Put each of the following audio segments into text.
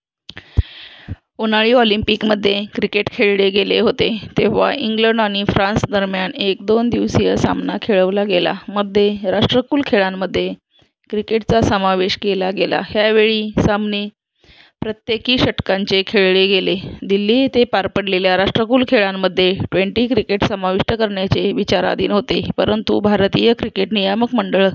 : उन्हाळी ऑलिंपिकमध्ये क्रिकेट खेळले गेले होते, तेव्हा इंग्लंड आणि फ्रान्स दरम्यान एक दोन-दिवसीय सामना खेळवला गेला. मध्ये, राष्ट्रकुल खेळांमध्ये क्रिकेटचा समावेश केला गेला, ह्यावेळी सामने प्रत्येकी -षटकांचे खेळले गेले. दिल्ली येथे पार पडलेल्या राष्ट्रकुल खेळांमध्ये ट्वेंटी क्रिकेट समाविष्ट करण्याचे विचाराधीन होते, परंतु भारतीय क्रिकेट नियामक मंडळ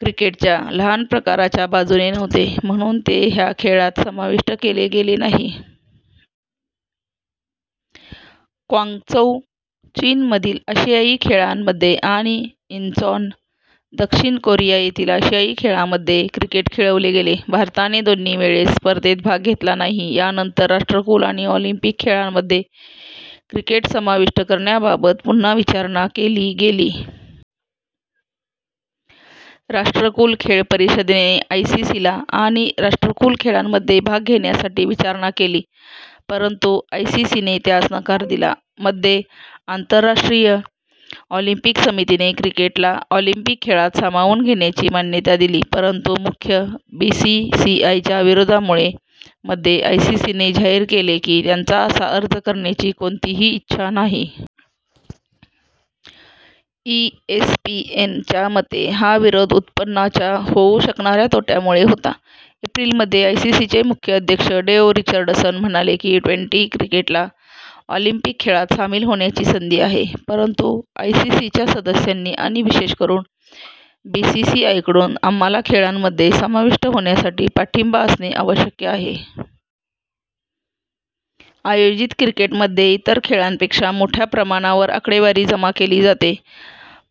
क्रिकेटच्या लहान प्रकाराच्या बाजूने नव्हते, म्हणून ते ह्या खेळांत समाविष्ट केले गेले नाही.। क्वांगचौ, चीन मधील आशियाई खेळांमध्ये आणि इंचॉन, दक्षिण कोरिया येथील आशियाई खेळांमध्ये क्रिकेट खेळवले गेले. भारताने दोन्ही वेळेस स्पर्धेत भाग घेतला नाही. यानंतर राष्ट्रकुल आणि ऑलिंपिक खेळांमध्ये क्रिकेट समाविष्ट करण्याबाबद पुन्हा विचारणा केली गेली. राष्ट्रकुल खेळ परिषदेने आयसीसीला आणि राष्ट्रकुल खेळांमध्ये भाग घेण्यासाठी विचारणा केली परंतु आयसीसीने त्यास नकार दिला. मध्ये, आंतरराष्ट्रीय ऑलिंपिक समितीने क्रिकेटला ऑलिंपिक खेळात सामावून घेण्याची मान्यता दिली, परंतु मुख्यतः बीसीसीआयच्या विरोधामुळे, मध्ये आयसीसीने जाहीर केले की त्यांचा असा अर्ज करण्याची कोणतीही इच्छा नाही. ईएसपीएन च्या मते हा विरोध उत्पन्नाच्या होऊ शकणाऱ्या तोट्यामुळे होता. एप्रिल मध्ये आयसीसचे मुख्य अध्यक्ष डेव्ह रिचर्डसन म्हणाले की, ट्वेंटी क्रिकेटला ऑलिंपिक खेळात सामील होण्याची संधी आहे, परंतु आयसीसीच्या सदस्यांनी आणि विशेषकरून बीसीसीआयकडून आम्हाला खेळांमध्ये समाविष्ट होण्यासाठी पाठिंबा असणे आवश्यक आहे. आयोजित क्रिकेटमध्ये इतर खळांपेक्षा मोठ्या प्रमाणावर आकडेवारी जमा केली जाते.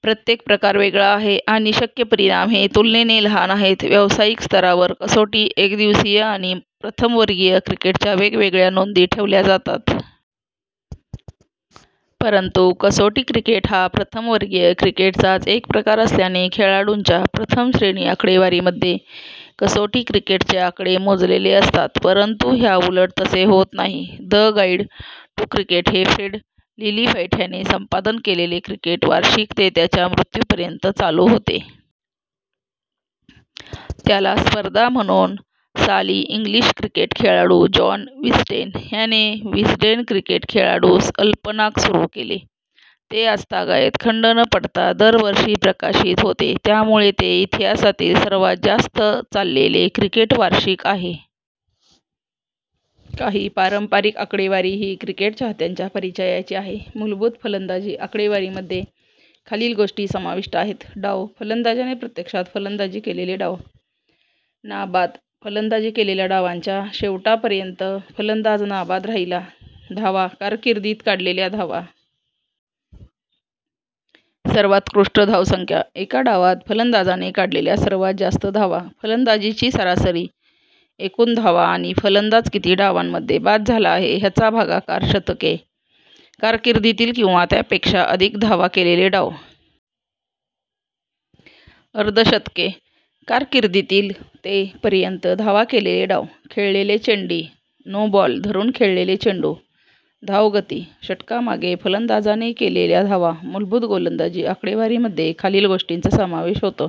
प्रत्येक प्रकार वेगळा आहे आणि शक्य परिणाम हे तुलनेने लहान आहेत. व्यावसायिक स्तरावर, कसोटी, एकदिवसीय आणि प्रथम वर्गीय क्रिकेटच्या वेगवेगळ्या नोंदी ठेवल्या जातात. परंतु कसोटी क्रिकेट हा प्रथम वर्गीय क्रिकेटचाच एक प्रकार असल्याने खेळाडूंच्या प्रथम-श्रेणी आकडेवारीमध्ये कसोटी क्रिकेटचे आकडे मोजलेले असतात परंतु ह्याउलट तसे होत नाही. द गाईड टू क्रिकेट हे फ्रेड लिलीव्हाईट ह्याने संपादन केलेले क्रिकेट वार्षिक ते त्याच्या मृत्यु पर्यंत चालू होते. त्याला स्पर्धा म्हणून साली इंग्लिश क्रिकेट खेळाडू जॉन विस्डेन ह्याने विस्डेन क्रिकेट खेळाडू्स अल्मनाक सुरू केले. ते आजतागायत खंड न पडता दर वर्षी प्रकाशित होते. त्यामुळे ते इतिहासातील सर्वात जास्त चाललेले क्रिकेट वार्षिक आहे. काही पारंपारिक आकडेवारी ही क्रिकेट चाहत्यांच्या परिचयाची आहे. मूलभूत फलंदाजी आकडेवारीमध्ये खालील गोष्टी समाविष्ट आहेत: डाव: फलंदाजाने प्रत्यक्षात फलंदाजी केलेले डाव. नाबाद: फलंदाजी केलेल्या डावांच्या शेवटापर्यंत फलंदाज नाबाद राहिला. धावा: कारकिर्दीत काढलेल्या धावा. सर्वोत्कृष्ट धावसंख्या: एका डावात फलंदाजाने काढलेल्या सर्वात जास्त धावा. फलंदाजीची सरासरी: एकूण धावा आणि फलंदाज किती डावांमध्ये बाद झाला आहे, ह्याचा भागाकार. शतके: कारकिर्दीतील किंवा त्यापेक्षा अधिक धावा केलेले डाव. अर्धशतके: कारकिर्दीतील ते पर्यंत धावा केलेले डाव.. खेळलेले चेंडी :नो बॉल धरून खेळलेले चेंडू. धावगती: षटकामागे फलंदाजाने केलेल्या धावा. मूलभूत गोलंदाजी आकडेवारीमध्ये खालील गोष्टींचा समावेश होतो: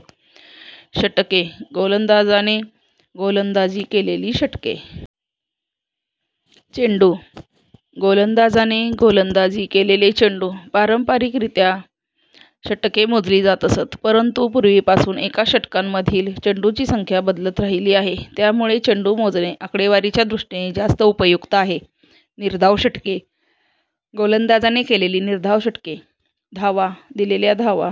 षटके: गोलंदाजाने गोलंदाजी केलेली षटके. चेंडू: गोलंदाजाने गोलंदाजी केलेले चेंडू. पारंपरिकरित्या षटके मोजली जात असत, परंतु पूर्वीपासून एका षटकांमधील चेंडूंची संख्या बदलत राहिली आहे, त्यामुळे चेंडू मोजणे आकडेवारीच्या दृष्टीने जास्त उपयुक्त आहे. निर्धाव षटके: गोलंदाजाने केलेली निर्धाव षटके. धावा: दिलेल्या धावा.